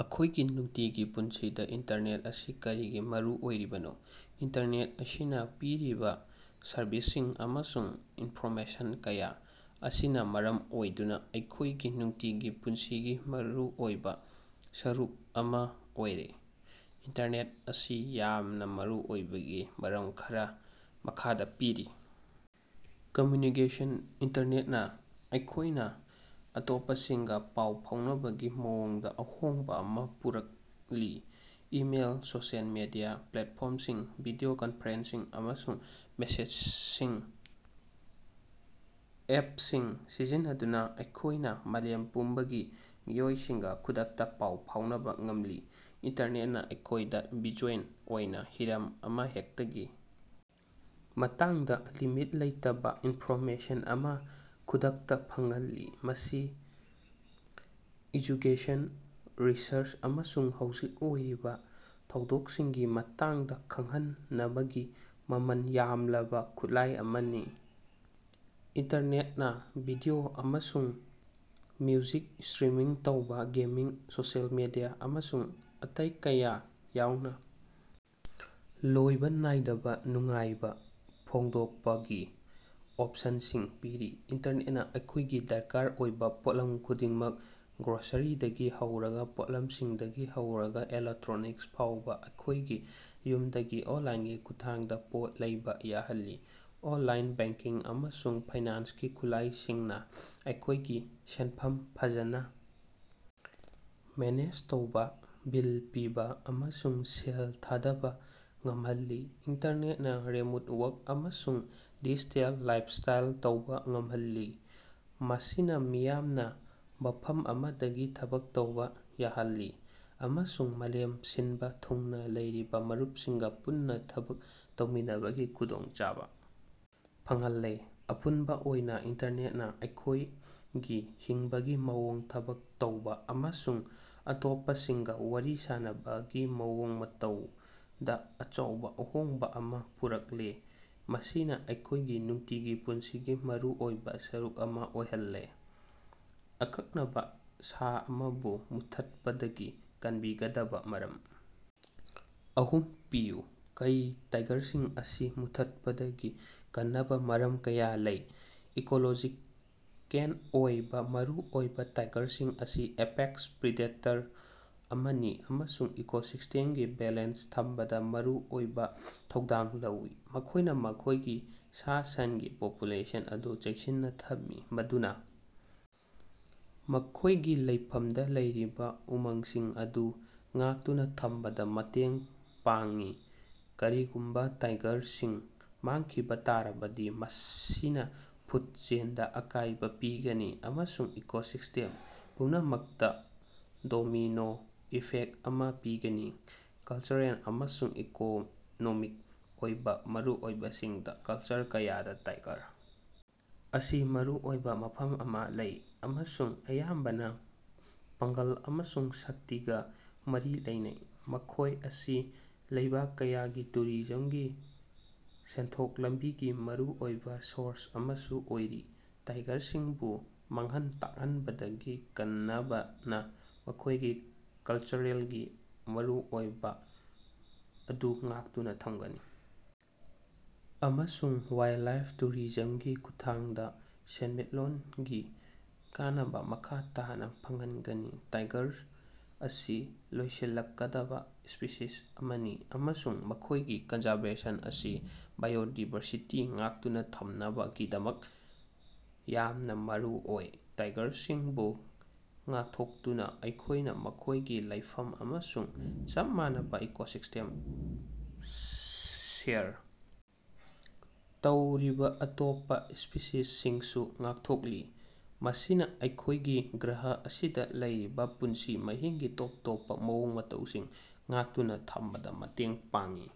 ꯑꯩꯈꯣꯏꯒꯤ ꯅꯨꯡꯇꯤꯒꯤ ꯄꯨꯟꯁꯤꯗꯥ ꯏꯟꯇꯔꯅꯦꯠ ꯑꯁꯤ ꯀꯔꯤꯒꯤ ꯃꯔꯨ ꯑꯣꯏꯔꯤꯕꯅꯣ? ꯏꯟꯇꯔꯅꯦꯠ ꯑꯁꯤꯅꯥ ꯄꯤꯔꯤꯕꯥ ꯁꯔꯚꯤꯁꯁꯤꯡ ꯑꯃꯁꯨꯡ ꯏꯟꯐꯣꯔꯃꯦꯁꯟ ꯀꯌꯥ ꯑꯁꯤꯅꯥ ꯃꯔꯝ ꯑꯣꯏꯗꯨꯅꯥ ꯑꯩꯈꯣꯏꯒꯤ ꯅꯨꯡꯇꯤꯒꯤ ꯄꯨꯟꯁꯤꯒꯤ ꯃꯔꯨꯑꯣꯏꯕꯥ ꯁꯔꯨꯛ ꯑꯃꯥ ꯑꯣꯏꯔꯦ꯫ ꯏꯟꯇꯔꯅꯦꯠ ꯑꯁꯤ ꯌꯥꯝꯅꯥ ꯃꯔꯨꯑꯣꯏꯕꯒꯤ ꯃꯔꯝ ꯈꯔꯥ ꯃꯈꯥꯗꯥ ꯄꯤꯔꯤ ꯀꯝꯃ꯭ꯌꯨꯅꯤꯀꯦꯁꯟ: ꯏꯟꯇꯔꯅꯦꯠꯅꯥ ꯑꯩꯈꯣꯏꯅꯥ ꯑꯇꯣꯞꯄꯁꯤꯡꯒꯥ ꯄꯥꯎ ꯐꯥꯎꯅꯕꯒꯤ ꯃꯑꯣꯡꯗꯥ ꯑꯍꯣꯡꯕꯥ ꯑꯃꯥ ꯄꯨꯔꯛꯂꯦ꯫ ꯏꯃꯦꯜ, ꯁꯣꯁꯤꯑꯦꯜ ꯃꯤꯗꯤꯌꯥ ꯄ꯭ꯂꯦꯠꯐꯣꯝꯁꯤꯡ, ꯚꯤꯗꯤꯑꯣ ꯀꯟꯐ꯭ꯔꯦꯟꯁꯤꯡ ꯑꯃꯁꯨꯡ ꯃꯦꯁꯦꯖꯤꯡ ꯑꯦꯞꯁꯤꯡ ꯁꯤꯖꯤꯟꯅꯗꯨꯅꯥ ꯑꯩꯈꯣꯏꯅꯥ ꯃꯥꯂꯦꯝ ꯄꯨꯝꯕꯒꯤ ꯃꯤꯑꯣꯏꯁꯤꯡꯒꯥ ꯈꯨꯗꯛꯇꯥ ꯄꯥꯎ ꯐꯥꯎꯅꯕꯥ ꯉꯝꯂꯤ꯫ꯏꯟꯇꯔꯅꯦꯠꯅꯥ ꯑꯩꯈꯣꯏꯗꯥ ꯕꯥꯔꯆꯨꯑꯦꯜ ꯑꯣꯏꯅꯥ ꯍꯤꯔꯝ ꯑꯃꯍꯦꯛꯇꯒꯤ ꯃꯇꯥꯡꯗꯥ ꯂꯤꯃꯤꯠ ꯂꯩꯇꯕꯥ ꯏꯟꯐꯣꯔꯃꯦꯁꯟ ꯑꯃꯥ ꯈꯨꯗꯛꯇꯥ ꯐꯪꯍꯜꯂꯤ꯫ ꯃꯁꯤ ꯑꯦꯖꯨꯀꯦꯁꯟ, ꯔꯤꯁꯔꯆ ꯑꯃꯁꯨꯡ ꯍꯧꯖꯤꯛ ꯑꯣꯏꯔꯤꯕꯥ ꯊꯧꯗꯣꯛꯁꯤꯡꯒꯤ ꯃꯇꯥꯡꯗꯥ ꯈꯪꯍꯟꯅꯕꯒꯤ ꯃꯃꯜ ꯌꯥꯝꯂꯕꯥ ꯈꯨꯠꯂꯥꯏ ꯑꯃꯅꯤ꯫ ꯏꯟꯇꯔꯅꯦꯠꯅꯥ ꯚꯤꯗꯤꯑꯣ ꯑꯃꯁꯨꯡ ꯃ꯭ꯌꯨꯖꯤꯛ ꯏꯁꯇ꯭ꯔꯤꯃꯤꯡ ꯇꯧꯕꯥ, ꯒꯦꯃꯤꯡ, ꯁꯣꯁꯤꯑꯦꯜ ꯃꯤꯗꯤꯌꯥ ꯑꯃꯁꯨꯡ ꯑꯇꯩ ꯀꯌꯥ ꯌꯥꯎꯅꯥ ꯂꯣꯏꯕꯥ ꯅꯥꯏꯗꯕꯥ ꯅꯨꯡꯉꯥꯏꯕꯥ ꯐꯣꯡꯗꯣꯛꯄꯒꯤ ꯑꯣꯞꯁꯟꯁꯤꯡ ꯄꯤꯔꯤ꯫ ꯏꯟꯇꯔꯅꯦꯠꯅꯥ ꯑꯩꯈꯣꯏꯒꯤ ꯗꯔꯀꯥꯔ ꯑꯣꯏꯕꯥ ꯄꯣꯠꯂꯝ ꯈꯨꯗꯤꯡꯃꯛ, ꯒ꯭ꯔꯣꯁꯔꯤꯗꯒꯤ ꯍꯧꯔꯒꯥ ꯄꯣꯠꯂꯝꯁꯤꯡꯗꯒꯤ ꯍꯧꯔꯒꯥ ꯏꯂꯦꯛꯇ꯭ꯔꯣꯅꯤꯛꯁ ꯐꯥꯎꯕꯥ, ꯑꯩꯈꯣꯏꯒꯤ ꯌꯨꯝꯗꯒꯤ ꯑꯣꯟꯂꯥꯏꯟꯒꯤ ꯈꯨꯊꯥꯡꯗ ꯄꯣꯠ ꯂꯩꯕꯥ ꯌꯥꯍꯜꯂꯤ꯫ ꯑꯣꯟꯂꯥꯏꯟ ꯕꯦꯡꯀꯤꯡ ꯑꯃꯁꯨꯡ ꯐꯥꯏꯅꯥꯟꯁꯀꯤ ꯈꯨꯠꯂꯥꯏꯁꯤꯡꯅꯥ ꯑꯩꯈꯣꯏꯒꯤ ꯁꯦꯟꯐꯝ ꯐꯖꯅꯥ ꯃꯦꯅꯦꯖ ꯇꯧꯕꯥ, ꯕꯤꯜ ꯄꯤꯕꯥ ꯑꯃꯁꯨꯡ ꯁꯦꯜ ꯊꯥꯗꯕꯥ ꯉꯝꯍꯜꯂꯤ꯫ ꯏꯟꯇꯔꯅꯦꯠꯅꯥ ꯔꯤꯃꯣꯠ ꯋꯥꯛ ꯑꯃꯁꯨꯡ ꯗꯤꯖꯤꯇꯦꯜ ꯂꯥꯏꯞꯁ꯭ꯇꯥꯏꯜ ꯇꯧꯕꯥ ꯉꯝꯍꯜꯂꯦ, ꯃꯁꯤꯅꯥ ꯃꯤꯌꯥꯝꯅꯥ ꯃꯐꯝ ꯑꯃꯗꯒꯤ ꯊꯕꯛ ꯇꯧꯕꯥ ꯌꯥꯍꯜꯂꯦ ꯑꯃꯁꯨꯡ ꯃꯥꯂꯦꯝ ꯁꯤꯟꯕꯥ ꯊꯨꯡꯅꯥ ꯂꯩꯔꯤꯕꯥ ꯃꯔꯨꯞꯁꯤꯡꯒꯥ ꯄꯨꯟꯅꯥ ꯊꯕꯛ ꯇꯧꯃꯤꯟꯅꯕꯒꯤ ꯈꯨꯗꯣꯡꯆꯥꯕꯥ ꯐꯪꯍꯜꯂꯦ꯫ ꯑꯄꯨꯟꯕꯥ ꯑꯣꯏꯅꯥ ꯏꯟꯇꯔꯅꯦꯠꯅꯥ ꯑꯩꯈꯣꯏꯒꯤ ꯍꯤꯡꯕꯒꯤ ꯃꯑꯣꯡ, ꯊꯕꯛ ꯇꯧꯕꯥ ꯑꯃꯁꯨꯡ ꯑꯇꯣꯞꯄꯁꯤꯡꯒꯥ ꯋꯥꯔꯤ ꯁꯥꯅꯕꯒꯤ ꯃꯑꯣꯡ ꯃꯇꯧꯗꯥ ꯑꯆꯧꯕꯥ ꯑꯍꯣꯡꯕꯥ ꯑꯃꯥ ꯄꯨꯔꯛꯂꯦ, ꯃꯁꯤꯅꯥ ꯑꯩꯈꯣꯏꯒꯤ ꯅꯨꯡꯇꯤꯒꯤ ꯄꯨꯟꯁꯤꯒꯤ ꯃꯔꯨꯑꯣꯏꯕꯥ ꯁꯔꯨꯛ ꯑꯃꯥ ꯑꯣꯏꯍꯜꯂꯦ꯫ ꯑꯀꯛꯅꯕꯥ ꯁꯥ ꯑꯃꯕꯨ ꯃꯨꯠꯊꯠꯄꯗꯒꯤ ꯀꯟꯕꯤꯒꯗꯕꯥ ꯃꯔꯝ ꯑꯍꯨꯝ ꯄꯤꯌꯨ꯫ ꯀꯩ ꯇꯥꯏꯒꯔꯁꯤꯡ ꯑꯁꯤ ꯃꯨꯠꯊꯠꯄꯗꯒꯤ ꯀꯟꯅꯕꯥ ꯃꯔꯝ ꯀꯌꯥ ꯂꯩ꯫ ꯏꯀꯣꯂꯣꯖꯤꯀꯦꯜ ꯑꯣꯏꯕꯥ ꯃꯔꯨꯑꯣꯏꯕꯥ ꯇꯥꯏꯒꯔꯁꯤꯡ ꯑꯁꯤ ꯑꯦꯄꯦꯛꯁ ꯄ꯭ꯔꯤꯗꯦꯇꯔ ꯑꯃꯅꯤ ꯑꯃꯁꯨꯡ ꯏꯀꯣꯁꯤꯁꯇꯦꯝꯒꯤ ꯕꯦꯂꯦꯟꯁ ꯊꯝꯕꯗꯥ ꯃꯔꯨꯑꯣꯏꯕꯥ ꯊꯧꯗꯥꯡ ꯂꯧꯏ꯫ ꯃꯈꯣꯏꯅꯥ ꯃꯈꯣꯏꯒꯤ ꯁꯥ-ꯁꯟꯒꯤ ꯄꯣꯄꯨꯂꯦꯁꯟ ꯑꯗꯨ ꯆꯦꯛꯁꯤꯟꯅꯥ ꯊꯝꯃꯤ ꯃꯗꯨꯅꯥ ꯃꯈꯣꯏꯒꯤ ꯂꯩꯐꯝꯗꯥ ꯂꯩꯔꯤꯕꯥ ꯎꯃꯪꯁꯤꯡ ꯑꯗꯨ ꯉꯥꯛꯇꯨꯅꯥ ꯊꯝꯕꯗꯥ ꯃꯇꯦꯡ ꯄꯥꯡꯏ꯫ ꯀꯔꯤꯒꯨꯝꯕꯥ ꯇꯥꯏꯒꯔꯁꯤꯡ ꯃꯥꯡꯈꯤꯕꯥ ꯇꯥꯔꯕꯗꯤ ꯃꯁꯤꯅꯥ ꯐꯨꯠ ꯆꯦꯟꯗꯥ ꯑꯀꯥꯏꯕꯥ ꯄꯤꯒꯅꯤ ꯑꯃꯁꯨꯡ ꯏꯀꯣꯁꯤꯁ꯭ꯇꯦꯝ ꯄꯨꯝꯅꯃꯛꯇꯥ ꯗꯣꯃꯤꯅꯣ ꯏꯐꯦꯛ ꯑꯃꯥ ꯄꯤꯒꯅꯤ꯫ ꯀꯜꯆꯔꯦꯜ ꯑꯃꯁꯨꯡ ꯏꯀꯣꯅꯣꯃꯤꯛ ꯑꯣꯏꯕꯥ ꯃꯔꯨꯑꯣꯏꯕꯁꯤꯡꯗ ꯀꯜꯆꯔ ꯀꯌꯥꯗꯥ ꯇꯥꯏꯒꯔ ꯑꯁꯤ ꯃꯔꯨꯑꯣꯏꯕꯥ ꯃꯐꯝ ꯑꯃꯥ ꯂꯩ ꯑꯃꯁꯨꯡ ꯑꯌꯥꯝꯕꯅꯥ ꯄꯥꯡꯒꯜ ꯑꯃꯁꯨꯡ ꯁꯛꯇꯤꯒꯥ ꯃꯔꯤ ꯂꯩꯅꯩ꯫ ꯃꯈꯣꯏ ꯑꯁꯤ ꯂꯩꯕꯥꯛ ꯀꯌꯥꯒꯤ ꯇꯨꯔꯤꯖꯝꯒꯤ ꯁꯦꯟꯊꯣꯛ ꯂꯝꯕꯤꯒꯤ ꯃꯔꯨꯑꯣꯏꯕꯥ ꯁꯣꯔꯁ ꯑꯃꯁꯨ ꯑꯣꯏꯔꯤ꯫ ꯇꯥꯏꯒꯔꯁꯤꯡꯕꯨ ꯃꯥꯡꯍꯟ ꯇꯥꯛꯍꯟꯕꯗꯒꯤ ꯀꯟꯕꯅꯥ ꯃꯈꯣꯏꯒꯤ ꯀꯜꯆꯔꯦꯜꯒꯤ ꯃꯔꯨꯑꯣꯏꯕꯥ ꯑꯗꯨ ꯉꯥꯛꯇꯨꯅꯥ ꯊꯝꯒꯅꯤ ꯑꯃꯁꯨꯡ ꯋꯥꯏꯜꯂꯥꯏꯞ ꯇꯨꯔꯤꯖꯝꯒꯤ ꯈꯨꯠꯊꯥꯡꯗꯥ ꯁꯦꯟꯃꯤꯠꯂꯣꯟꯒꯤ ꯀꯥꯟꯅꯕꯥ ꯃꯈꯥ ꯇꯥꯅꯥ ꯐꯪꯍꯟꯒꯅꯤ꯫ ꯇꯥꯏꯒꯔ ꯑꯁꯤ ꯂꯣꯏꯁꯤꯜꯂꯛꯀꯗꯕꯥ ꯁ꯭ꯄꯤꯁꯤꯁ ꯑꯃꯅꯤ ꯑꯃꯁꯨꯡ ꯃꯈꯣꯏꯒꯤ ꯀꯟꯖꯔꯕꯦꯁꯟ ꯑꯁꯤ ꯕꯥꯏꯑꯣꯗꯥꯏꯕꯔꯁꯤꯇꯤ ꯉꯥꯛꯇꯨꯅꯥ ꯊꯝꯅꯕꯒꯤꯗꯃꯛ ꯌꯥꯝꯅꯥ ꯃꯔꯨꯑꯣꯏ꯫ ꯇꯥꯏꯒꯔꯁꯤꯡꯕꯨ ꯉꯥꯛꯊꯣꯛꯇꯨꯅꯥ ꯑꯩꯈꯣꯏꯅꯥ ꯃꯈꯣꯏꯒꯤ ꯂꯩꯐꯝ ꯑꯃꯁꯨꯡ ꯆꯞ ꯃꯥꯟꯅꯕꯥ ꯏꯀꯣꯁꯤꯁꯇꯦꯝ ꯁꯦꯌꯔ ꯇꯧꯔꯤꯕꯥ ꯑꯇꯣꯞꯄꯥ ꯁ꯭ꯄꯤꯁꯤꯁꯁꯤꯡꯁꯨ ꯉꯥꯛꯊꯣꯛꯂꯤ꯫ ꯃꯁꯤꯅꯥ ꯑꯩꯈꯣꯏꯒꯤ ꯒ꯭ꯔꯍ ꯑꯁꯤꯗꯥ ꯂꯩꯔꯤꯕꯥ ꯄꯨꯟꯁꯤ ꯃꯍꯤꯡꯒꯤ ꯇꯣꯞ ꯇꯣꯞꯄꯥ ꯃꯑꯣꯡ ꯃꯇꯧꯁꯤꯡ ꯉꯥꯛꯇꯨꯅꯥ ꯊꯝꯕꯗꯥ ꯃꯇꯦꯡ ꯄꯥꯡꯏ꯫